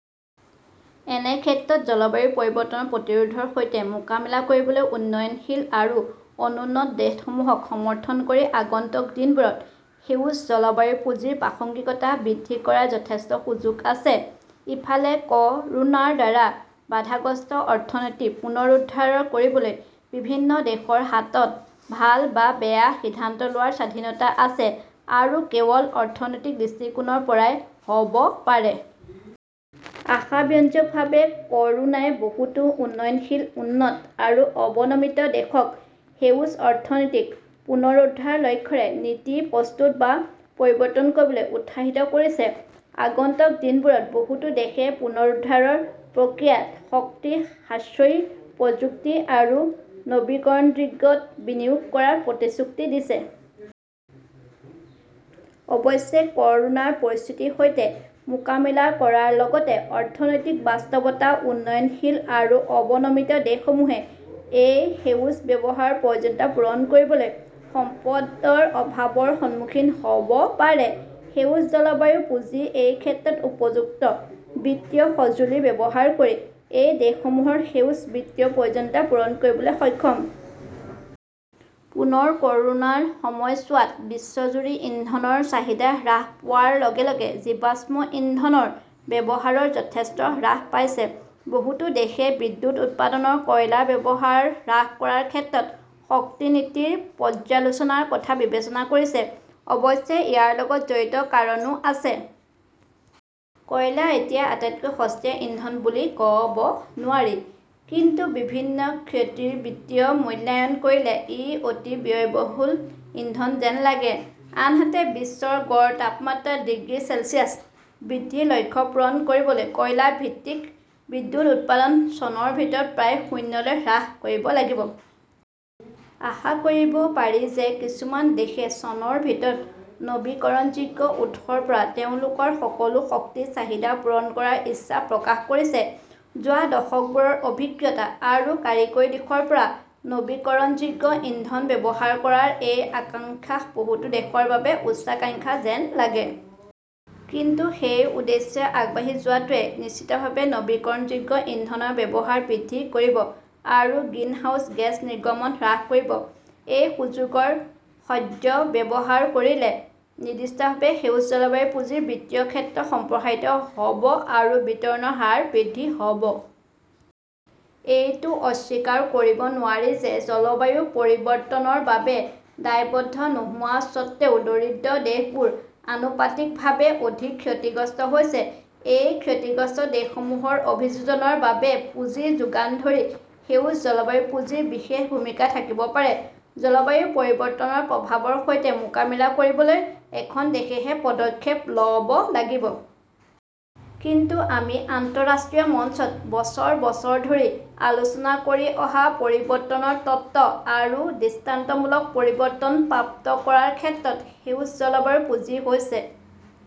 এনে ক্ষেত্ৰত জলবায়ু পৰিৱৰ্তনৰ প্ৰতিৰোধৰ সৈতে মোকাবিলা কৰিবলৈ উন্নয়নশীল আৰু অনুন্নত দেশসমূহক সমৰ্থন কৰি আগন্তুক দিনবোৰত সেউজ জলবায়ু পুঁজিৰ প্ৰাসংগিকতা বৃদ্ধি কৰাৰ যথেষ্ট সুযোগ আছে। ইফালে, ক "ৰোনাৰ দ্বাৰা বাধাগ্ৰস্ত অৰ্থনীতি পুনৰুদ্ধাৰ কৰিবলৈ বিভিন্ন দেশৰ হাতত ভাল বা বেয়া সিদ্ধান্ত লোৱাৰ স্বাধীনতা আছে আৰু কেৱল অৰ্থনৈতিক দৃষ্টিকোণৰ পৰাই হ" ব পাৰে। আশাব্যঞ্জকভাৱে, ক "ৰোনাই বহুতো উন্নয়নশীল, উন্নত আৰু অৱনমিত দেশক সেউজ অৰ্থনৈতিক পুনৰুদ্ধাৰৰ লক্ষ্যৰে নীতি প্ৰস্তুত বা পৰিৱৰ্তন কৰিবলৈ উৎসাহিত কৰিছে। আগন্তুক দিনবোৰত, বহুতো দেশে পুনৰুদ্ধাৰৰ প্ৰক্ৰিয়াত শক্তি-সাশ্ৰয়ী প্ৰযুক্তি আৰু নৱীকৰণযোগ্যত বিনিয়োগ কৰাৰ প্ৰতিশ্ৰুতি দিছে। অৱশ্যে, ক "ৰোনাৰ পৰিস্থিতিৰ সৈতে মোকাবিলা কৰাৰ লগতে অৰ্থনৈতিক বাস্তৱতাত, উন্নয়নশীল আৰু অৱনমিত দেশসমূহে এই সেউজ ব্যৱহাৰৰ প্ৰয়োজনীয়তা পূৰণ কৰিবলৈ সম্পদৰ অভাৱৰ সন্মুখীন হ" ব পাৰে। সেউজ জলবায়ু পুঁজি এই ক্ষেত্ৰত উপযুক্ত বিত্তীয় সঁজুলি ব্যৱহাৰ কৰি এই দেশসমূহৰ সেউজ বিত্তীয় প্ৰয়োজনীয়তা পূৰণ কৰিবলৈ সক্ষম। পুনৰ ক "ৰোনাৰ সময়ছোৱাত বিশ্বজুৰি ইন্ধনৰ চাহিদা হ্ৰাস পোৱাৰ লগে লগে জীৱাশ্ম ইন্ধনৰ ব্যৱহাৰ যথেষ্ট হ্ৰাস পাইছে। বহুতো দেশে বিদ্যুৎ উৎপাদনত কয়লাৰ ব্যৱহাৰ হ্ৰাস কৰাৰ ক্ষেত্ৰত শক্তি নীতিৰ পৰ্যালোচনাৰ কথা বিবেচনা কৰিছে। অৱশ্যে ইয়াৰ লগত জড়িত কাৰণো আছে। কয়লা এতিয়া আটাইতকৈ সস্তীয়া ইন্ধন বুলি ক "ব নোৱাৰি, কিন্তু বিভিন্ন ক্ষতিৰ বিত্তীয় মূল্যায়ন কৰিলে ই অতি ব্যয়বহুল ইন্ধন যেন লাগে। আনহাতে, বিশ্বৰ গড় তাপমাত্ৰা ডিগ্ৰী চেলছিয়াছ বৃদ্ধিৰ লক্ষ্য পূৰণ কৰিবলৈ কয়লা ভিত্তিক বিদ্যুৎ উৎপাদন চনৰ ভিতৰত প্ৰায় শূন্যলৈ হ্ৰাস কৰিব লাগিব। আশা কৰিব পাৰি যে কিছুমান দেশে চনৰ ভিতৰত নৱীকৰণযোগ্য উৎসৰ পৰা তেওঁলোকৰ সকলো শক্তিৰ চাহিদা পূৰণ কৰাৰ ইচ্ছা প্ৰকাশ কৰিছে। যোৱা দশকবোৰৰ অভিজ্ঞতা আৰু কাৰিকৰী দিশৰ পৰা নৱীকৰণযোগ্য ইন্ধন ব্যৱহাৰ কৰাৰ এই আকাংক্ষা বহুতো দেশৰ বাবে উচ্চাকাংক্ষা যেন লাগে। কিন্তু সেই উদ্দেশ্যে আগবাঢ়ি যোৱাটোৱে নিশ্চিতভাৱে নৱীকৰণযোগ্য ইন্ধনৰ ব্যৱহাৰ বৃদ্ধি কৰিব আৰু গ্ৰিনহাউজ গেছ নিৰ্গমন হ্ৰাস কৰিব। এই সুযোগৰ সদ্ব্যৱহাৰ কৰিলে নিৰ্দিষ্টভাৱে সেউজ জলবায়ু পুঁজিৰ বিত্তীয় ক্ষেত্ৰ সম্প্ৰসাৰিত হ "ব আৰু বিতৰণৰ হাৰ বৃদ্ধি হ" ব। এইটো অস্বীকাৰ কৰিব নোৱাৰি যে জলবায়ু পৰিৱৰ্তনৰ বাবে দায়বদ্ধ নোহোৱা স্বত্বেও দৰিদ্ৰ দেশবোৰ আনুপাতিকভাৱে অধিক ক্ষতিগ্ৰস্ত হৈছে। এই ক্ষতিগ্ৰস্ত দেশসমূহৰ অভিযোজনৰ বাবে পুঁজি যোগান ধৰি সেউজ জলবায়ু পুঁজিৰ বিশেষ ভূমিকা থাকিব পাৰে। জলবায়ু পৰিৱৰ্তনৰ প্ৰভাৱৰ সৈতে মোকাবিলা কৰিবলৈ এখন দেশেহে পদক্ষেপ ল "ব লাগিব। কিন্তু আমি আন্তঃৰাষ্ট্ৰীয় মঞ্চত বছৰ বছৰ ধৰি আলোচনা কৰি অহা পৰিৱৰ্তনৰ তত্ত্ব আৰু দৃষ্টান্তমূলক পৰিৱৰ্তন প্ৰাপ্ত কৰাৰ ক্ষেত্ৰত সেউজ জলবায়ু পুঁজি হৈছে